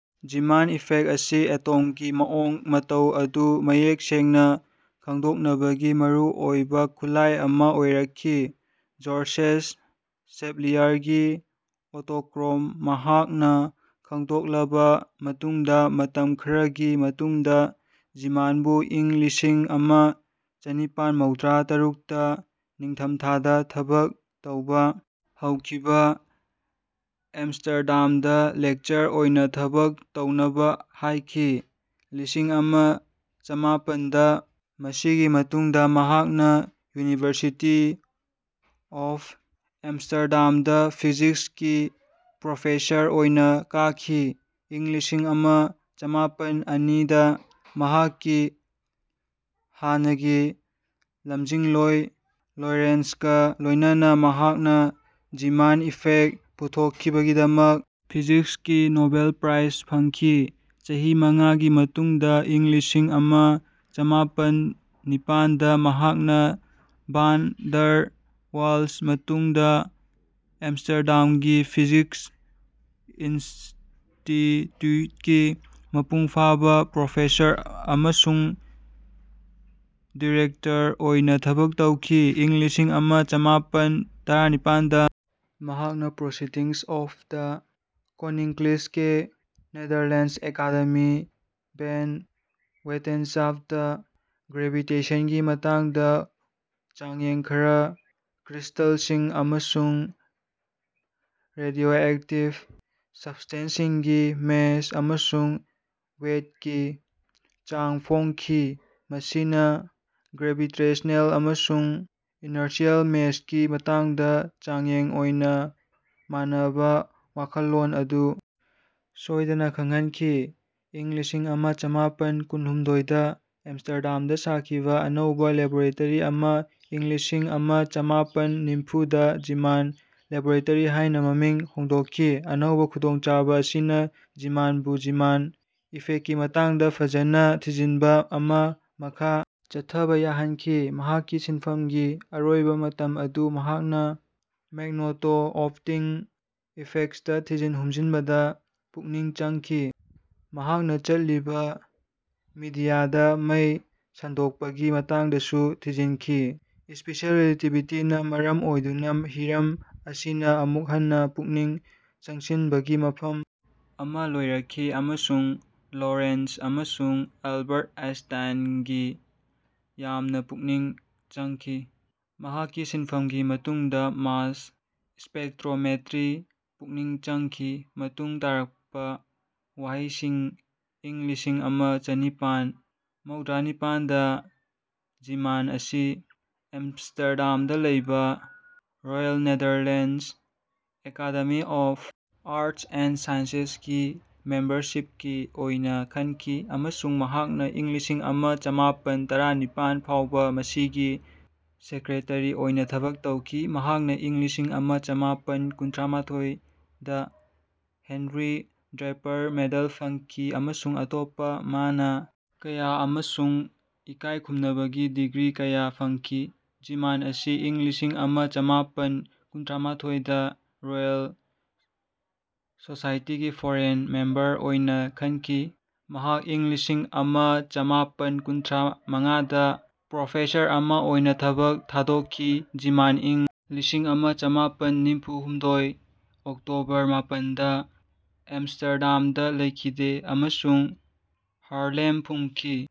ꯖꯤꯃꯥꯟ effect ꯑꯁꯤ ꯑꯦꯇꯣꯝꯒꯤ ꯃꯑꯣꯡ ꯃꯇꯧ ꯑꯗꯨ ꯃꯌꯦꯛ ꯁꯦꯡꯅ ꯈꯪꯗꯣꯛꯅꯕꯒꯤ ꯃꯔꯨꯑꯣꯏꯕ ꯈꯨꯠꯂꯥꯏ ꯑꯃ ꯑꯣꯏꯔꯛꯈꯤ꯫ ꯖꯣꯔꯖꯦꯁ ꯁꯦꯚꯂꯤꯌꯔꯒꯤ ꯑꯣꯇꯣꯀ꯭ꯔꯣꯝ ꯃꯍꯥꯛꯅ ꯈꯪꯗꯣꯛꯂꯕ ꯃꯇꯨꯡꯗ ꯃꯇꯝ ꯈꯔꯒꯤ ꯃꯇꯨꯡꯗ ꯖꯤꯃꯥꯟꯕꯨ ꯏꯪ ꯂꯤꯁꯤꯡ ꯑꯃ ꯆꯅꯤꯄꯥꯟ ꯃꯧꯗ꯭ꯔꯥ ꯇꯔꯨꯛꯇ ꯅꯤꯡꯊꯝꯊꯥꯗ ꯊꯕꯛ ꯇꯧꯕ ꯍꯧꯈꯤꯕ ꯑꯝꯁꯇꯔꯗꯥꯝꯗ ꯂꯦꯛꯆꯔ ꯑꯣꯏꯅ ꯊꯕꯛ ꯇꯧꯅꯕ ꯍꯥꯏꯈꯤ꯫ꯂꯤꯁꯤꯡ ꯑꯃ ꯆꯃꯥꯄꯟꯗ ꯃꯁꯤꯒꯤ ꯃꯇꯨꯡꯗ ꯃꯍꯥꯛꯅ ꯌꯨꯅꯤꯚꯔꯁꯤꯇꯤ ꯑꯣꯐ ꯑꯦꯝꯁꯇꯔꯗꯥꯝꯗ ꯐꯤꯖꯤꯛꯁꯀꯤ ꯄ꯭ꯔꯣꯐꯦꯁꯔ ꯑꯣꯏꯅ ꯀꯥꯈꯤ꯫ ꯏꯪ ꯂꯤꯁꯤꯡ ꯑꯃ ꯆꯃꯥꯄꯟ ꯑꯅꯤꯗ ꯃꯍꯥꯛꯀꯤ ꯍꯥꯟꯅꯒꯤ ꯂꯝꯖꯤꯡꯂꯣꯏ ꯂꯣꯔꯦꯟꯠꯖꯒ ꯂꯣꯏꯅꯅꯥ ꯃꯍꯥꯛꯅ ꯖꯤꯃꯥꯟ ꯏꯐꯦꯛ ꯄꯨꯊꯣꯛꯈꯤꯕꯒꯤꯗꯃꯛ ꯐꯤꯖꯤꯛꯁꯀꯤ ꯅꯣꯕꯦꯜ ꯄ꯭ꯔꯥꯏꯖ ꯐꯪꯈꯤ꯫ ꯆꯍꯤ ꯃꯉꯥꯒꯤ ꯃꯇꯨꯡꯗ ꯏꯪ ꯂꯤꯁꯤꯡ ꯑꯃ ꯆꯃꯥꯄꯟ ꯅꯤꯄꯥꯟꯗ ꯃꯍꯥꯛꯅ ꯚꯥꯟ ꯗꯔ ꯋꯥꯜꯁ ꯃꯇꯨꯡꯗ ꯑꯝꯁꯇꯔꯗꯥꯝꯒꯤ ꯐꯤꯖꯤꯛꯁ ꯏꯟꯁꯇꯤꯇ꯭ꯌꯨꯠꯀꯤ ꯃꯄꯨꯡ ꯐꯥꯕ ꯄ꯭ꯔꯣꯐꯦꯁꯔ ꯑꯃꯁꯨꯡ ꯗꯤꯔꯦꯛꯇꯔ ꯑꯣꯏꯅ ꯊꯕꯛ ꯇꯧꯈꯤ꯫ ꯏꯪ ꯂꯤꯁꯤꯡ ꯑꯃ ꯆꯃꯥꯄꯟ ꯇꯔꯥꯅꯤꯄꯥꯟꯗ ꯃꯍꯥꯛꯅ proceedings of the Koninklijke Netherlands Academy van Wetenschappen ꯒ꯭ꯔꯦꯚꯤꯇꯦꯁꯟꯒꯤ ꯃꯇꯥꯡꯗ ꯆꯥꯡꯌꯦꯡ ꯈꯔ ꯀ꯭ꯔꯤꯁ꯭ꯇꯜꯁꯤꯡ ꯑꯃꯁꯨꯡ ꯔꯦꯗꯤꯌꯣꯑꯦꯛꯇꯤꯕ ꯁꯕꯁ꯭ꯇꯦꯟꯁꯤꯡꯒꯤ ꯃꯦꯁ ꯑꯃꯁꯨꯡ ꯋꯦꯠꯀꯤ ꯆꯥꯡ ꯐꯣꯡꯈꯤ ꯃꯁꯤꯅ ꯒ꯭ꯔꯦꯕꯤꯇꯦꯁ꯭ꯅꯦꯜ ꯑꯃꯁꯨꯡ ꯏꯟꯔꯁꯤꯌꯦꯜ ꯃꯦꯁꯀꯤ ꯃꯇꯥꯡꯗ ꯆꯥꯡꯌꯦꯡ ꯑꯣꯏꯅ ꯃꯥꯟꯅꯕ ꯋꯥꯈꯜꯂꯣꯟ ꯑꯗꯨ ꯁꯣꯏꯗꯅ ꯈꯪꯍꯟꯈꯤ꯫ ꯏꯪ ꯂꯤꯁꯤꯡ ꯑꯃ ꯆꯃꯥꯄꯟ ꯀꯨꯟꯍꯨꯝꯗꯣꯏꯗ ꯑꯝꯁꯇꯔꯗꯥꯝꯗ ꯁꯥꯈꯤꯕ ꯑꯅꯧꯕ ꯂꯦꯕꯣꯔꯦꯇꯔꯤ ꯑꯃꯥ ꯏꯪ ꯂꯤꯁꯤꯡ ꯑꯃ ꯆꯃꯥꯄꯟ ꯅꯤꯝꯐꯨꯗ ꯖꯤꯃꯥꯟ ꯂꯦꯕꯣꯔꯦꯇꯔꯤ ꯍꯥꯏꯅ ꯃꯃꯤꯡ ꯍꯣꯡꯗꯣꯛꯈꯤ꯫ ꯑꯅꯧꯕ ꯈꯨꯗꯣꯡꯆꯥꯕ ꯑꯁꯤꯅ ꯖꯤꯃꯥꯟꯕꯨ ꯖꯤꯃꯥꯟ ꯏꯐꯦꯛꯀꯤ ꯃꯇꯥꯡꯗ ꯐꯖꯅ ꯊꯤꯖꯤꯟꯕ ꯑꯃꯥ ꯃꯈꯥ ꯆꯠꯊꯕ ꯌꯥꯍꯟꯈꯤ꯫ ꯃꯍꯥꯛꯀꯤ ꯁꯤꯟꯐꯝꯒꯤ ꯑꯔꯣꯏꯕ ꯃꯇꯝ ꯑꯗꯨ ꯃꯍꯥꯛꯅ ꯃꯦꯒꯅꯦꯇꯣ ꯑꯣꯞꯇꯤꯛ ꯏꯐꯦꯛ꯭ꯁꯇ ꯊꯤꯖꯤꯟ ꯍꯨꯝꯖꯤꯟꯕꯗ ꯄꯨꯛꯅꯤꯡ ꯆꯪꯈꯤ꯫ ꯃꯍꯥꯛꯅ ꯆꯠꯂꯤꯕ ꯃꯤꯗꯤꯌꯥꯗ ꯃꯩ ꯁꯟꯗꯣꯛꯄꯒꯤ ꯃꯇꯥꯡꯗꯁꯨ ꯊꯤꯖꯤꯟꯈꯤ꯫ ꯁ꯭ꯄꯦꯁꯤꯌꯦꯜ ꯔꯤꯂꯦꯇꯤꯚꯤꯇꯤꯅ ꯃꯔꯝ ꯑꯣꯏꯗꯨꯅ ꯍꯤꯔꯝ ꯑꯁꯤꯅ ꯑꯃꯨꯛ ꯍꯟꯅ ꯄꯨꯛꯅꯤꯡ ꯆꯪꯁꯤꯟꯕꯒꯤ ꯃꯐꯝ ꯑꯃ ꯑꯣꯏꯔꯛꯈꯤ ꯑꯃꯁꯨꯡ ꯂꯣꯔꯦꯟꯠꯖ ꯑꯃꯁꯨꯡ ꯑꯦꯜꯕꯔꯠ ꯑꯥꯏꯟꯁ꯭ꯇꯤꯟꯗꯒꯤ ꯌꯥꯝꯅ ꯄꯨꯛꯅꯤꯡ ꯆꯪꯈꯤ꯫ ꯃꯍꯥꯛꯀꯤ ꯁꯤꯟꯐꯝꯒꯤ ꯃꯇꯨꯡꯗ ꯃꯥꯁ ꯁ꯭ꯄꯦꯛꯇ꯭ꯔꯣꯃꯦꯇ꯭ꯔꯤ ꯄꯨꯛꯅꯤꯡ ꯆꯪꯈꯤ꯫ ꯃꯇꯨꯡ ꯇꯥꯔꯛꯄ ꯋꯥꯍꯩꯁꯤꯡ ꯏꯪ ꯂꯤꯁꯤꯡ ꯑꯃ ꯆꯅꯤꯄꯥꯟ ꯃꯧꯗ꯭ꯔꯥꯅꯤꯄꯥꯟꯗ ꯖꯤꯃꯥꯟ ꯑꯁꯤ ꯑꯝꯁꯇꯔꯗꯥꯝꯗ ꯂꯩꯕ Royal Netherlands Academy of Arts and Sciences ꯒꯤ ꯃꯦꯝꯕꯔꯁꯤꯞꯀꯤ ꯑꯣꯏꯅ ꯈꯟꯈꯤ ꯑꯃꯁꯨꯡ ꯃꯍꯥꯛꯅ ꯏꯪ ꯂꯤꯁꯤꯡ ꯑꯃ ꯆꯃꯥꯄꯟ ꯇꯔꯥꯅꯤꯄꯥꯟ ꯐꯥꯎꯕ ꯃꯁꯤꯒꯤ ꯁꯦꯀ꯭ꯔꯦꯇꯔꯤ ꯑꯣꯏꯅ ꯊꯕꯛ ꯇꯧꯈꯤ꯫ ꯃꯍꯥꯛꯅ ꯏꯪ ꯂꯤꯁꯤꯡ ꯑꯃ ꯆꯃꯥꯄꯟ ꯀꯨꯟꯃꯥꯊꯣꯏꯗ ꯍꯦꯟꯔꯤ ꯗ꯭ꯔꯦꯄꯔ ꯃꯦꯗꯜ ꯐꯪꯈꯤ ꯑꯃꯁꯨꯡ ꯑꯇꯣꯞꯄ ꯃꯅꯥ ꯀꯌꯥ ꯑꯃꯁꯨꯡ ꯏꯀꯥꯏꯈꯨꯝꯅꯕꯒꯤ ꯗꯤꯒ꯭ꯔꯤ ꯀꯌꯥ ꯐꯪꯈꯤ꯫ ꯖꯤꯃꯥꯟ ꯑꯁꯤ ꯏꯪ ꯂꯤꯁꯤꯡ ꯑꯃ ꯆꯃꯥꯄꯟ ꯀꯨꯟꯃꯥꯊꯣꯏꯗ ꯔꯣꯌꯦꯜ ꯁꯣꯁꯥꯏꯇꯤꯒꯤ ꯐꯣꯔꯦꯟ ꯃꯦꯝꯕꯔ ꯑꯣꯏꯅ ꯈꯟꯈꯤ꯫ ꯃꯍꯥꯛ ꯏꯪ ꯂꯤꯁꯤꯡ ꯑꯃ ꯆꯃꯥꯄꯟ ꯀꯨꯟꯊ꯭ꯔꯥ ꯃꯉꯥꯗ ꯄ꯭ꯔꯣꯐꯦꯁꯔ ꯑꯃ ꯑꯣꯏꯅ ꯊꯕꯛ ꯊꯥꯗꯣꯛꯈꯤ꯫ ꯖꯤꯃꯥꯟ ꯏꯪ ꯂꯤꯁꯤꯡ ꯑꯃ ꯆꯃꯥꯄꯟ ꯅꯤꯝꯐꯨꯍꯨꯝꯗꯣꯏ ꯑꯣꯛꯇꯣꯕꯔ ꯃꯥꯄꯟꯗ ꯑꯝꯁꯇꯔꯗꯥꯝꯗ ꯂꯩꯈꯤꯗꯦ ꯑꯃꯁꯨꯡ ꯍꯥꯔꯂꯦꯝ ꯐꯨꯝꯈꯤ꯫